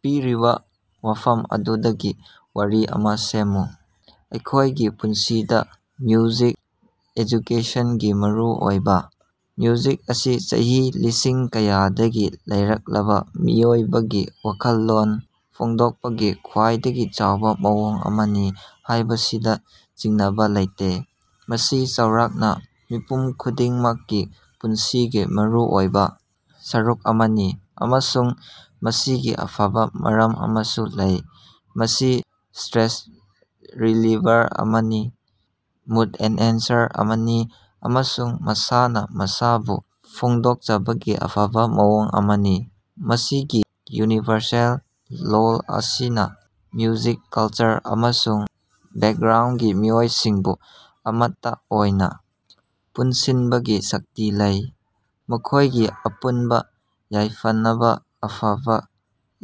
ꯄꯤꯔꯤꯕ ꯋꯥꯐꯝ ꯑꯗꯨꯗꯒꯤ ꯋꯥꯔꯤ ꯑꯃꯥ ꯁꯦꯝꯃꯨ꯫ ꯑꯩꯈꯣꯏꯒꯤ ꯄꯨꯟꯁꯤꯗ ꯃ꯭ꯌꯨꯖꯤꯛ ꯑꯦꯖꯨꯀꯦꯁꯟꯒꯤ ꯃꯔꯨꯑꯣꯏꯕ꯫ ꯃ꯭ꯌꯨꯖꯤꯛ ꯑꯁꯤ ꯆꯍꯤ ꯂꯤꯁꯤꯡ ꯀꯌꯥꯗꯒꯤ ꯂꯩꯔꯛꯂꯕ ꯃꯤꯑꯣꯏꯕꯒꯤ ꯋꯥꯈꯜꯂꯣꯟ ꯐꯣꯡꯗꯣꯛꯄꯒꯤ ꯈ꯭ꯋꯥꯏꯗꯒꯤ ꯆꯥꯎꯕ ꯃꯑꯣꯡ ꯑꯃꯅꯤ ꯍꯥꯏꯕꯁꯤꯗ ꯆꯤꯡꯅꯕ ꯂꯩꯇꯦ꯫ ꯃꯁꯤ ꯆꯥꯎꯔꯥꯛꯅ ꯃꯤꯄꯨꯝ ꯈꯨꯗꯤꯡꯃꯛꯀꯤ ꯄꯨꯟꯁꯤꯒꯤ ꯃꯔꯨꯑꯣꯏꯕ ꯁꯔꯨꯛ ꯑꯃꯅꯤ, ꯑꯃꯁꯨꯡ ꯃꯁꯤꯒꯤ ꯑꯐꯕ ꯃꯔꯝ ꯑꯃꯁꯨ ꯂꯩ꯫ ꯃꯁꯤ ꯁ꯭ꯇꯔꯦꯁ ꯔꯤꯂꯤꯚꯔ ꯑꯃꯅꯤ, ꯃꯨꯗ ꯑꯦꯟꯍꯥꯟꯁꯔ ꯑꯃꯅꯤ ꯑꯃꯁꯨꯡ ꯃꯁꯥꯅ ꯃꯁꯥꯕꯨ ꯐꯣꯡꯗꯣꯛꯆꯕꯒꯤ ꯑꯐꯕ ꯃꯑꯣꯡ ꯑꯃꯅꯤ꯫ ꯃꯁꯤꯒꯤ ꯌꯨꯅꯤꯚꯔꯁꯦꯜ ꯂꯣꯜ ꯑꯁꯤꯅ ꯃ꯭ꯌꯨꯖꯤꯛꯅ ꯀꯜꯆꯔ ꯑꯃꯁꯨꯡ ꯕꯦꯛꯒ꯭ꯔꯥꯎꯟꯒꯤ ꯃꯤꯑꯣꯏꯁꯤꯡꯕꯨ ꯑꯃꯠꯇ ꯑꯣꯏꯅ ꯄꯨꯟꯁꯤꯟꯕꯒꯤ ꯁꯛꯇꯤ ꯂꯩ, ꯃꯈꯣꯏꯒꯤ ꯑꯄꯨꯟꯕ ꯌꯥꯏꯐꯅꯕ ꯑꯐꯕ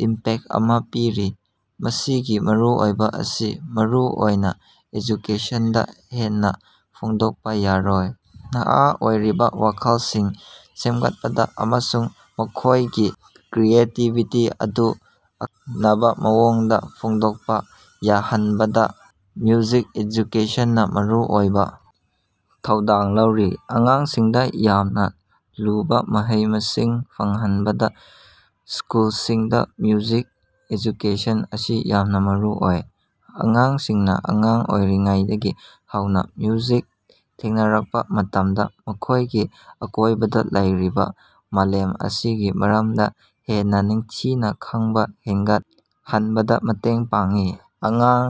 ꯏꯝꯄꯦꯛ ꯑꯃꯥ ꯄꯤꯔꯤ꯫ ꯃꯁꯤꯒꯤ ꯃꯔꯨꯑꯣꯏꯕ ꯑꯁꯤ ꯃꯔꯨꯑꯣꯏꯅ ꯑꯦꯖꯨꯀꯦꯁꯟꯗ ꯍꯦꯟꯅ ꯐꯣꯡꯗꯣꯛꯄ ꯌꯥꯔꯣꯏ꯫ ꯅꯍꯥ ꯑꯣꯏꯔꯤꯕ ꯋꯥꯈꯜꯁꯤꯡ ꯁꯦꯝꯒꯠꯄꯗ ꯑꯃꯁꯨꯡ ꯃꯈꯣꯏꯒꯤ ꯀ꯭ꯔꯤꯌꯦꯇꯤꯕꯤꯇꯤ ꯑꯗꯨ ꯑꯈꯟꯅꯕ ꯃꯑꯣꯡꯗ ꯐꯣꯡꯗꯣꯛꯄ ꯌꯥꯍꯟꯕꯗ ꯃ꯭ꯌꯨꯖꯤꯛ ꯑꯦꯖꯨꯀꯦꯁꯟꯅ ꯃꯔꯨꯑꯣꯏꯕ ꯊꯧꯗꯥꯡ ꯂꯧꯔꯤ꯫ ꯑꯉꯥꯡꯁꯤꯡꯗ ꯌꯥꯝꯅ ꯂꯨꯕ ꯃꯍꯩ-ꯃꯁꯤꯡ ꯐꯪꯍꯟꯕꯗ ꯁ꯭ꯀꯨꯜꯁꯤꯡꯗ ꯃ꯭ꯌꯨꯖꯤꯛ ꯑꯦꯖꯨꯀꯦꯁꯟ ꯑꯁꯤ ꯌꯥꯝꯅ ꯃꯔꯨꯑꯣꯏ꯫ ꯑꯉꯥꯡꯁꯤꯡꯅ ꯑꯉꯥꯡ ꯑꯣꯏꯔꯤꯉꯩꯗꯒꯤ ꯍꯧꯅ ꯃ꯭ꯌꯨꯖꯤꯛꯇ ꯊꯦꯡꯅꯔꯛꯄ ꯃꯇꯝꯗ, ꯃꯈꯣꯏꯒꯤ ꯑꯀꯣꯏꯕꯗ ꯂꯩꯔꯤꯕ ꯃꯥꯂꯦꯝ ꯑꯁꯤꯒꯤ ꯃꯔꯝꯗ ꯍꯦꯟꯅ ꯅꯤꯡꯊꯤꯅ ꯈꯪꯕ ꯍꯦꯟꯒꯠꯍꯟꯕꯗ ꯃꯇꯦꯡ ꯄꯥꯡꯏ꯫ ꯑꯉꯥꯡ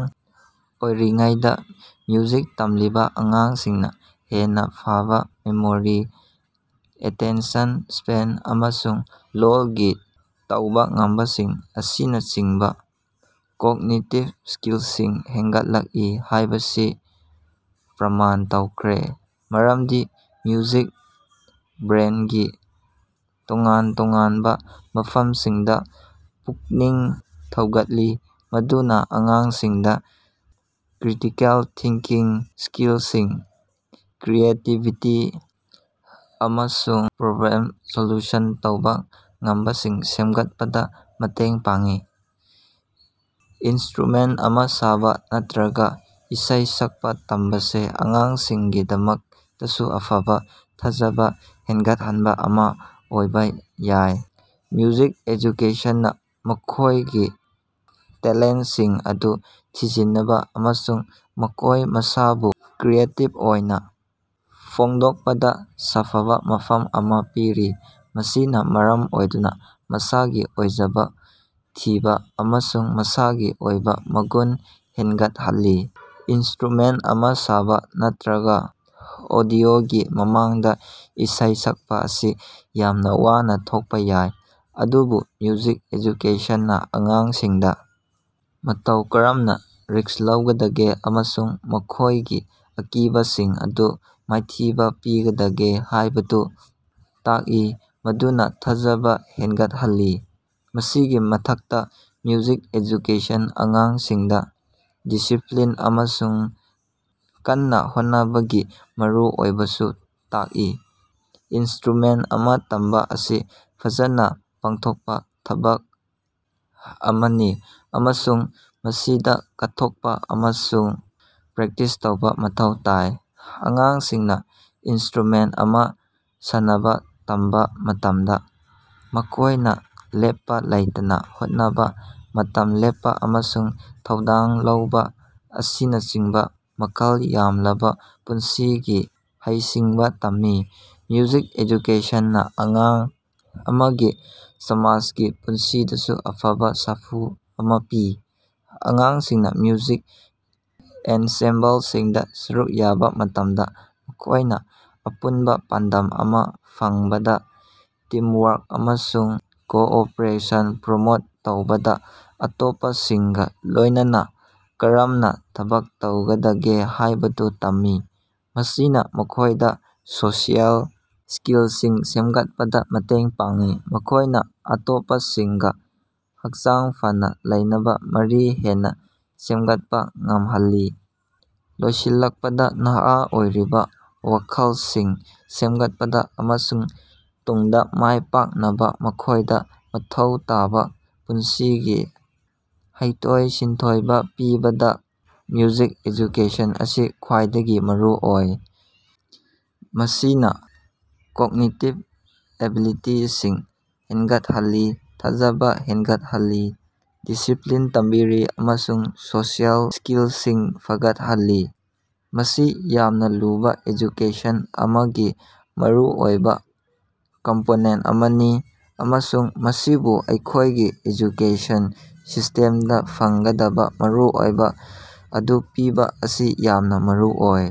ꯑꯣꯏꯔꯤꯉꯩꯗꯥ ꯃ꯭ꯌꯨꯖꯤꯛ ꯇꯝꯂꯤꯕ ꯑꯉꯥꯡꯁꯤꯡꯅ ꯍꯦꯟꯅ ꯐꯕꯥ ꯃꯦꯃꯣꯔꯤ, ꯑꯦꯇꯦꯟꯁꯟ ꯁ꯭ꯄꯦꯟ, ꯑꯃꯁꯨꯡ ꯂꯣꯜꯒꯤ ꯇꯧꯕ ꯉꯝꯕꯁꯤꯡ ꯑꯁꯤꯅꯆꯤꯡꯕ ꯀꯣꯒꯅꯤꯇꯤꯚ ꯁ꯭ꯀꯤꯜꯁꯤꯡ ꯍꯦꯟꯒꯠꯂꯛꯏ ꯍꯥꯏꯕꯁꯤ ꯄ꯭ꯔꯃꯥꯟ ꯇꯧꯈ꯭ꯔꯦ꯫ ꯃꯔꯝꯗꯤ ꯃ꯭ꯌꯨꯖꯤꯛꯅ ꯕ꯭ꯔꯦꯟꯒꯤ ꯇꯣꯉꯥꯟ-ꯇꯣꯉꯥꯟꯕ ꯃꯐꯝꯁꯤꯡꯗ ꯄꯨꯛꯅꯤꯡ ꯊꯧꯒꯠꯂꯤ, ꯃꯗꯨꯅ ꯑꯉꯥꯡꯁꯤꯡꯗ ꯀ꯭ꯔꯤꯇꯤꯀꯦꯜ ꯊꯤꯡꯀꯤꯡ ꯁ꯭ꯀꯤꯜꯁꯤꯡ, ꯀ꯭ꯔꯤꯌꯦꯇꯤꯚꯤꯇꯤ ꯑꯃꯁꯨꯡ ꯄ꯭ꯔꯣꯕ꯭ꯂꯦꯝ ꯁꯣꯜꯌꯨꯁꯟ ꯇꯧꯕ ꯉꯝꯕꯁꯤꯡ ꯁꯦꯝꯒꯠꯄꯗ ꯃꯇꯦꯡ ꯄꯥꯡꯏ꯫ ꯏꯟꯁ꯭ꯇꯔꯨꯃꯦꯟ ꯑꯃꯥ ꯁꯥꯕ ꯅꯠꯇꯔꯒ ꯏꯁꯩ ꯁꯛꯄ ꯇꯝꯕꯁꯤ ꯑꯉꯥꯡꯁꯤꯡꯒꯤꯗꯃꯛꯇꯁꯨ ꯑꯐꯕ ꯊꯥꯖꯕ ꯍꯦꯟꯒꯠꯍꯟꯕ ꯑꯃꯥ ꯑꯣꯏꯕ ꯌꯥꯏ꯫ ꯃ꯭ꯌꯨꯖꯤꯛ ꯑꯦꯖꯨꯀꯦꯁꯟꯅ ꯃꯈꯣꯏꯒꯤ ꯇꯦꯂꯦꯟꯁꯤꯡ ꯑꯗꯨ ꯊꯤꯖꯤꯟꯅꯕ ꯑꯃꯁꯨꯡ ꯃꯈꯣꯏ ꯃꯁꯥꯕꯨ ꯀ꯭ꯔꯤꯌꯦꯇꯤꯕ ꯑꯣꯏꯅ ꯐꯣꯡꯗꯣꯛꯄꯗ ꯁꯥꯐꯕ ꯃꯐꯝ ꯑꯃ ꯄꯤꯔꯤ, ꯃꯁꯤꯅ ꯃꯔꯝ ꯑꯣꯏꯗꯨꯅ ꯃꯁꯥꯒꯤ ꯑꯣꯏꯖꯕ ꯊꯤꯕ ꯑꯃꯁꯨꯡ ꯃꯁꯥꯒꯤ ꯑꯣꯏꯕ ꯃꯒꯨꯟ ꯍꯦꯟꯒꯠꯍꯜꯂꯤ꯫ ꯏꯟꯁꯇ꯭ꯔꯨꯃꯦꯟ ꯑꯃꯥ ꯁꯥꯕ ꯅꯠꯇꯔꯒ ꯑꯣꯗꯤꯑꯣꯒꯤ ꯃꯃꯥꯡꯗ ꯏꯁꯩ ꯁꯛꯄ ꯑꯁꯤ ꯌꯥꯝꯅ ꯋꯥꯅ ꯊꯣꯛꯄ ꯌꯥꯏ, ꯑꯗꯨꯕꯨ ꯃ꯭ꯌꯨꯖꯤꯛ ꯑꯦꯖꯨꯀꯦꯁꯟꯅ ꯑꯉꯥꯡꯁꯤꯡꯗ ꯃꯇꯧ ꯀꯔꯝꯅ ꯔꯤꯁ꯭ꯛ ꯂꯧꯒꯗꯒꯦ ꯑꯃꯁꯨꯡ ꯃꯈꯣꯏꯒꯤ ꯑꯀꯤꯕꯁꯤꯡ ꯑꯗꯨ ꯃꯥꯏꯊꯤꯕ ꯄꯤꯒꯗꯒꯦ ꯍꯥꯏꯕꯗꯨ ꯇꯥꯛꯏ, ꯃꯗꯨꯅ ꯊꯥꯖꯕ ꯍꯦꯟꯒꯠꯍꯜꯂꯤ꯫ ꯃꯁꯤꯒꯤ ꯃꯊꯛꯇ, ꯃ꯭ꯌꯨꯖꯤꯛ ꯑꯦꯖꯨꯀꯦꯁꯟꯅ ꯑꯉꯥꯡꯁꯤꯡꯗ ꯗꯤꯁꯤꯄ‌꯭ꯂꯤꯟ ꯑꯃꯁꯨꯡ ꯀꯟꯅ ꯍꯣꯠꯅꯕꯒꯤ ꯃꯔꯨꯑꯣꯏꯕꯁꯨ ꯇꯥꯛꯏ꯫ ꯏꯟꯁ꯭ꯇꯔꯨꯃꯦꯟ ꯑꯃꯥ ꯇꯝꯕ ꯑꯁꯤ ꯐꯖꯅ ꯄꯥꯡꯊꯣꯛꯄ ꯊꯕꯛ ꯑꯃꯅꯤ ꯑꯃꯁꯨꯡ ꯃꯁꯤꯗ ꯀꯠꯊꯣꯛꯄ ꯑꯃꯁꯨꯡ ꯄ꯭ꯔꯦꯛꯇꯤꯁ ꯇꯧꯕ ꯃꯊꯧ ꯇꯥꯏ꯫ ꯑꯉꯥꯡꯁꯤꯡꯅ ꯏꯟꯁ꯭ꯇꯔꯨꯃꯦꯟ ꯑꯃꯥ ꯁꯥꯟꯅꯕ ꯇꯝꯕ ꯃꯇꯝꯗ, ꯃꯈꯣꯏꯅ ꯂꯦꯞꯄ ꯂꯩꯇꯅ ꯍꯣꯠꯅꯕ, ꯃꯇꯝ ꯂꯦꯞꯄ ꯑꯃꯁꯨꯡ ꯊꯧꯗꯥꯡ ꯂꯧꯕ ꯑꯁꯤꯅꯆꯤꯡꯕ ꯃꯃꯜ ꯌꯥꯝꯂꯕ ꯄꯨꯟꯁꯤꯒꯤ ꯍꯩꯁꯤꯡꯕ ꯇꯝꯃꯤ꯫ ꯃ꯭ꯌꯨꯖꯤꯛ ꯑꯦꯖꯨꯀꯦꯁꯟꯅ ꯑꯉꯥꯡ ꯑꯃꯒꯤ ꯁꯃꯥꯖꯒꯤ ꯄꯨꯟꯁꯤꯗꯁꯨ ꯑꯐꯕ ꯁꯥꯐꯨ ꯑꯃꯥ ꯄꯤ꯫ ꯑꯉꯥꯡꯁꯤꯡꯅ ꯃ꯭ꯌꯨꯖꯤꯛ ꯑꯦꯟꯁꯦꯝꯕꯜꯁꯤꯡꯗ ꯁꯔꯨꯛ ꯌꯥꯕ ꯃꯇꯝꯗ, ꯃꯈꯣꯏꯅ ꯑꯄꯨꯟꯕ ꯄꯥꯟꯗꯝ ꯑꯃꯥ ꯐꯪꯕꯗ, ꯇꯤꯝꯋꯥꯔꯛ ꯑꯃꯁꯨꯡ ꯀꯣꯑꯣꯄꯔꯦꯁꯟ ꯄ꯭ꯔꯃꯣꯠ ꯇꯧꯕꯗ ꯑꯇꯣꯞꯄꯁꯤꯡꯒ ꯂꯣꯏꯅꯅꯥ ꯀꯔꯝꯅ ꯊꯕꯛ ꯇꯧꯒꯗꯒꯦ ꯍꯥꯏꯕꯗꯨ ꯇꯝꯃꯤ꯫ ꯃꯁꯤꯅ ꯃꯈꯣꯏꯗ ꯁꯣꯁꯤꯑꯦꯜ ꯁ꯭ꯀꯤꯜꯁꯤꯡ ꯁꯦꯝꯒꯠꯄꯗ ꯃꯇꯦꯡ ꯄꯥꯡꯏ, ꯃꯈꯣꯏꯅ ꯑꯇꯣꯞꯄꯁꯤꯡꯒ ꯍꯛꯆꯥꯡ ꯐꯅꯥ ꯂꯩꯅꯕ ꯃꯔꯤ ꯍꯦꯟꯅ ꯁꯦꯝꯒꯠꯄꯥ ꯉꯝꯍꯜꯂꯤ꯫ ꯂꯣꯏꯁꯤꯜꯂꯛꯄꯗ, ꯅꯍꯥ ꯑꯣꯏꯔꯤꯕꯥ ꯋꯥꯈꯜꯁꯤꯡ ꯁꯦꯝꯒꯠꯄꯗ ꯑꯃꯁꯨꯡ ꯇꯨꯡꯗ ꯃꯥꯏ ꯄꯥꯛꯅꯕ ꯃꯈꯣꯏꯗ ꯃꯊꯧ ꯇꯥꯕ ꯄꯨꯟꯁꯤꯒꯤ ꯍꯩꯊꯣꯏ-ꯁꯤꯡꯊꯣꯏꯕ ꯄꯤꯕꯗ ꯃ꯭ꯌꯨꯖꯤꯛ ꯑꯦꯖꯨꯀꯦꯁꯟ ꯑꯁꯤ ꯈ꯭ꯋꯥꯏꯗꯒꯤ ꯃꯔꯨꯑꯣꯏ꯫ ꯃꯁꯤꯅ ꯀꯣꯒꯅꯤꯇꯤꯚ ꯑꯦꯕꯤꯂꯤꯇꯤꯁꯤꯡ ꯍꯦꯟꯒꯠꯍꯜꯂꯤ, ꯊꯥꯖꯕ ꯍꯦꯟꯒꯠꯍꯜꯂꯤ, ꯗꯤꯁꯤꯄ꯭ꯂꯤꯟ ꯇꯝꯕꯤꯔꯤ ꯑꯃꯁꯨꯡ ꯁꯣꯁꯤꯑꯦꯜ ꯁ꯭ꯀꯤꯜꯁꯤꯡ ꯐꯒꯠꯍꯜꯂꯤ꯫ ꯃꯁꯤ ꯌꯥꯝꯅ ꯂꯨꯕ ꯑꯦꯖꯨꯀꯦꯁꯟ ꯑꯃꯒꯤ ꯃꯔꯨꯑꯣꯏꯕ ꯀꯝꯄꯣꯅꯦꯟ ꯑꯃꯅꯤ, ꯑꯃꯁꯨꯡ ꯃꯁꯤꯕꯨ ꯑꯩꯈꯣꯏꯒꯤ ꯑꯦꯖꯨꯀꯦꯁꯟ ꯁꯤꯁ꯭ꯇꯦꯝꯗ ꯐꯪꯒꯗꯕ ꯃꯔꯨꯑꯣꯏꯕ ꯑꯗꯨ ꯄꯤꯕ ꯑꯁꯤ ꯌꯥꯝꯅ ꯃꯔꯨꯑꯣꯏ꯫